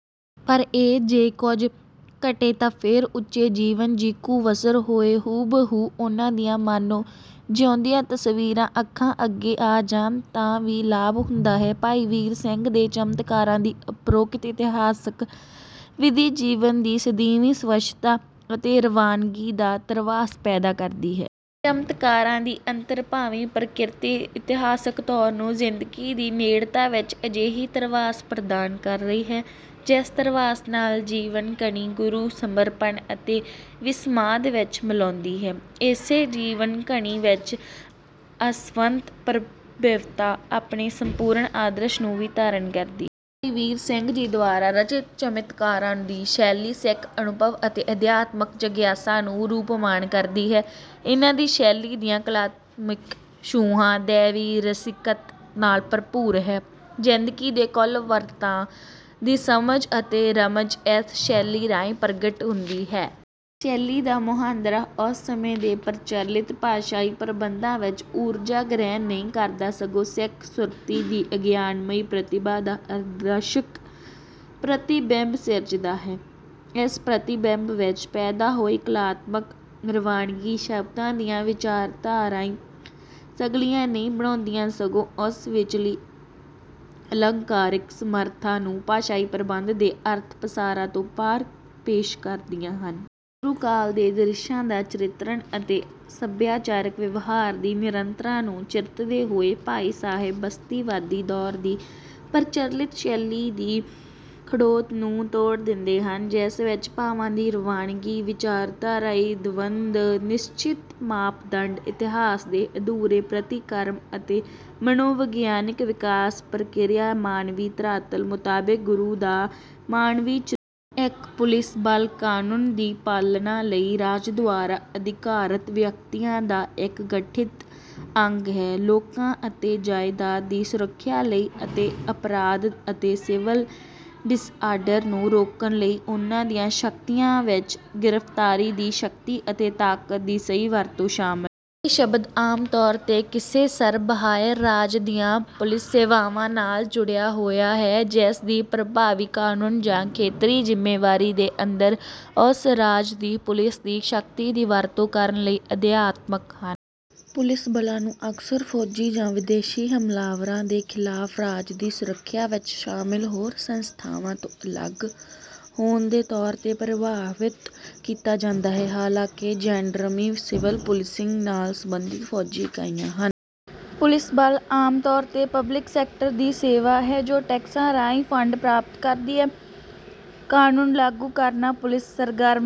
ਪਰ ਇਹ ਜੇ ਕੁੱਝ ਘਟੇ ਤਾਂ ਫੇਰ ਉੱਚੇ ਜੀਵਨ ਜੀਕੂ ਵਸਰ ਹੋਏ ਹੂ ਬ ਹੂ ਉਨ੍ਹਾਂ ਦੀਆਂ ਮਾਨੋ ਜਿਉਂਦੀਆਂ ਤਸਵੀਰਾਂ ਅੱਖਾਂ ਅੱਗੇ ਆ ਜਾਣ ਤਾਂ ਵੀ ਲਾਭ ਹੁੰਦਾ ਹੈ। ਭਾਈ ਵੀਰ ਸਿੰਘ ਦੇ ਚਮਤਕਾਰਾਂ ਦੀ ਉਪਰੋਕਤ ਇਤਿਹਾਸਕ ਵਿਧੀ ਜੀਵਨ ਦੀ ਸਦੀਵੀ ਸਵੱਛਤਾ ਅਤੇ ਰਵਾਨਗੀ ਦਾ ਧਰਵਾਸ ਪੈਦਾ ਕਰਦੀ ਹੈ। ਚਮਤਕਾਰਾਂ ਦੀ ਅੰਤਰਭਾਵੀ ਪ੍ਰਕਿਰਤੀ ਇਤਿਹਾਸਕ ਤੌਰ ਨੂੰ ਜ਼ਿੰਦਗੀ ਦੀ ਨੇੜਤਾ ਵਿੱਚ ਅਜਿਹੀ ਧਰਵਾਸ ਪ੍ਰਦਾਨ ਕਰ ਰਹੀ ਹੈ ਜਿਸ ਧਰਵਾਸ ਨਾਲ ਜੀਵਨ ਕਣੀ ਗੁਰੂ ਸਮਰਪਣ ਅਤੇ ਵਿਸਮਾਦ ਵਿੱਚ ਮੌਲਦੀ ਹੈ। ਇਸੇ ਜੀਵਨ ਕਣੀ ਵਿੱਚ ਆਸਵੰਤ ਪ੍ਰਤਿਭਾ ਆਪਣੇ ਸੰਪੂਰਨ ਆਦਰਸ਼ ਨੂੰ ਵੀ ਧਾਰਨ ਕਰਦੀ ਹੈ। ਭਾਈ ਵੀਰ ਸਿੰਘ ਜੀ ਦੁਆਰਾ ਰਚਿਤ ਚਮਤਕਾਰਾਂ ਦੀ ਸ਼ੈਲੀ ਸਿੱਖ ਅਨੁਭਵ ਅਤੇ ਅਧਿਆਤਮਕ ਜਗਿਆਸਾ ਨੂੰ ਰੂਪਮਾਨ ਕਰਦੀ ਹੈ। ਇਹਨਾਂ ਦੀ ਸ਼ੈਲੀ ਦੀਆਂ ਕਲਾਤਮਿਕ ਛੂਹਾਂ ਦੈਵੀ ਰਸਿਕਤਾ ਨਾਲ ਭਰਪੂਰ ਹਨ। ਜਿੰਦਗੀ ਦੇ ਕੁਲ ਵਰਤਾਰਿਆਂ ਦੀ ਸਮਝ ਅਤੇ ਰਮਝ ਇਸ ਸ਼ੈਲੀ ਰਾਹੀਂ ਪ੍ਰਗਟ ਹੁੰਦੀ ਹੈ। ਸ਼ੈਲੀ ਦਾ ਮੁਹਾਂਦਰਾ ਉਸ ਸਮੇਂ ਦੇ ਪ੍ਰਚਲਿਤ ਭਾਸ਼ਾਈ ਪ੍ਰਬੰਧਾਂ ਵਿੱਚੋਂ ਊਰਜਾ ਗ੍ਰਹਿਣ ਨਹੀਂ ਕਰਦਾ ਸਗੋਂ ਸਿੱਖ ਸੁਰਤਿ ਦੀ ਗਿਆਨਮਈ ਪ੍ਰਤਿਬਾ ਦਾ ਅਦਰਸ਼ਕ ਪ੍ਰਤੀਬਿੰਬ ਸਿਰਜਦਾ ਹੈ। ਇਸ ਪ੍ਰਤੀਬਿੰਬ ਵਿੱਚੋਂ ਪੈਦਾ ਹੋਈ ਕਲਾਤਮਕ ਰਵਾਨਗੀ ਸ਼ਬਦਾਂ ਦੀਆਂ ਵਿਚਾਰਧਾਰਾਈ ਸਗਲੀਆਂ ਨਹੀਂ ਬਣਾਉਂਦੀ ਸਗੋਂ ਉਸ ਵਿੱਚਲੀ ਅਲੰਕਾਰਿਕ ਸਮਰਥਾ ਨੂੰ ਭਾਸ਼ਾਈ ਪ੍ਰਬੰਧ ਦੇ ਅਰਥ ਪਸਾਰਾ ਤੋਂ ਪਾਰ ਪੇਸ਼ ਕਰਦੀਆਂ ਹਨ। ਗੁਰੂ ਕਾਲ ਦੇ ਦ੍ਰਿਸ਼ਾਂ ਦਾ ਚਰਿਤਰਣ ਅਤੇ ਸਭਿਆਚਾਰਕ ਵਿਵਹਾਰ ਦੀ ਨਿਰੰਤਰਤਾ ਨੂੰ ਚਰਿਤਦੇ ਹੋਏ ਭਾਈ ਸਾਹਿਬ ਬਸਤੀਵਾਦੀ ਦੌਰ ਦੀ ਪ੍ਰਚਲਿਤ ਸ਼ੈਲੀ ਦੀ ਖੜੋਤ ਨੂੰ ਤੋੜ ਦਿੰਦੇ ਹਨ। ਜਿਸ ਵਿੱਚ ਭਾਵਾਂ ਦੀ ਰਵਾਂਨਗੀ ਵਿਚਾਰਧਰਾਈ ਦਵੰਧ ਨਿਸ਼ਚਿਤ ਮਾਪਦੰਡ ਇਤਿਹਾਸ ਦੇ ਅਧੂਰੇ ਪ੍ਰਤੀਕਰਮ ਅਤੇ ਮਨੋਵਿਗਿਆਨਕ ਵਿਕਾਸ ਪ੍ਰਕਿਰਿਆ ਮਾਨਵੀ ਧਰਾਤਲ ਮੁਤਾਬਿਕ ਗੁਰੂ ਦਾ ਮਾਨਵੀ ਚਰਿਤਰ। ਇੱਕ ਪੁਲਿਸ ਬਲ ਕਾਨੂੰਨ ਦੀ ਪਾਲਣਾ ਲਈ ਰਾਜ ਦੁਆਰਾ ਅਧਿਕਾਰਤ ਵਿਅਕਤੀਆਂ ਦਾ ਇੱਕ ਗਠਿਤ ਅੰਗ ਹੈ ਲੋਕਾਂ ਅਤੇ ਜਾਇਦਾਦ ਦੀ ਸੁਰੱਖਿਆ ਲਈ ਅਤੇ ਅਪਰਾਧ ਅਤੇ ਸਿਵਲ ਡਿਸਆਰਡਰ ਨੂੰ ਰੋਕਣ ਲਈ ਉਨ੍ਹਾਂ ਦੀਆਂ ਸ਼ਕਤੀਆਂ ਵਿੱਚ ਗ੍ਰਿਫਤਾਰੀ ਦੀ ਸ਼ਕਤੀ ਅਤੇ ਤਾਕਤ ਦੀ ਸਹੀ ਵਰਤੋਂ ਸ਼ਾਮਲ ਹੈ। ਇਹ ਸ਼ਬਦ ਆਮ ਤੌਰ ਤੇ ਕਿਸੇ ਸਰਬ ਹਾਇਰ ਰਾਜ ਦੀਆਂ ਪੁਲਿਸ ਸੇਵਾਵਾਂ ਨਾਲ ਜੁੜਿਆ ਹੋਇਆ ਹੈ ਜਿਸਦੀ ਪ੍ਰਭਾਵੀ ਕਾਨੂੰਨੀ ਜਾਂ ਖੇਤਰੀ ਜ਼ਿਮੇਵਾਰੀ ਦੇ ਅੰਦਰ ਉਸ ਰਾਜ ਦੀ ਪੁਲਿਸ ਦੀ ਸ਼ਕਤੀ ਦੀ ਵਰਤੋਂ ਕਰਨ ਲਈ ਅਧਿਕਾਰਿਤ ਹਨ। ਪੁਲਿਸ ਬਲਾਂ ਨੂੰ ਅਕਸਰ ਫੌਜੀ ਜਾਂ ਵਿਦੇਸ਼ੀ ਹਮਲਾਵਰਾਂ ਦੇ ਖਿਲਾਫ ਰਾਜ ਦੀ ਸੁਰੱਖਿਆ ਵਿੱਚ ਸ਼ਾਮਲ ਹੋਰ ਸੰਸਥਾਵਾਂ ਤੋਂ ਅਲਗ ਹੋਣ ਦੇ ਤੌਰ ਤੇ ਪਰਿਭਾਸ਼ਿਤ ਕੀਤਾ ਜਾਂਦਾ ਹੈ। ਹਾਲਾਂਕਿ ਜੈਂਡਰਰਮਰੀ ਸਿਵਲ ਪੁਲਿਸਿੰਗ ਨਾਲ ਸੰਬੰਧਿਤ ਫੌਜੀ ਇਕਾਈਆਂ ਹਨ। ਪੁਲਿਸ ਬਲ ਆਮ ਤੌਰ ਤੇ ਪਬਲਿਕ ਸੈਕਟਰ ਦੀ ਸੇਵਾ ਹੈ ਜੋ ਟੈਕਸਾਂ ਰਾਹੀਂ ਫੰਡ ਪ੍ਰਾਪਤ ਕਰਦੀ ਹੈ। ਕਾਨੂੰਨ ਲਾਗੂ ਕਰਨਾ ਪੁਲਿਸ ਸਰਗਰਮੀ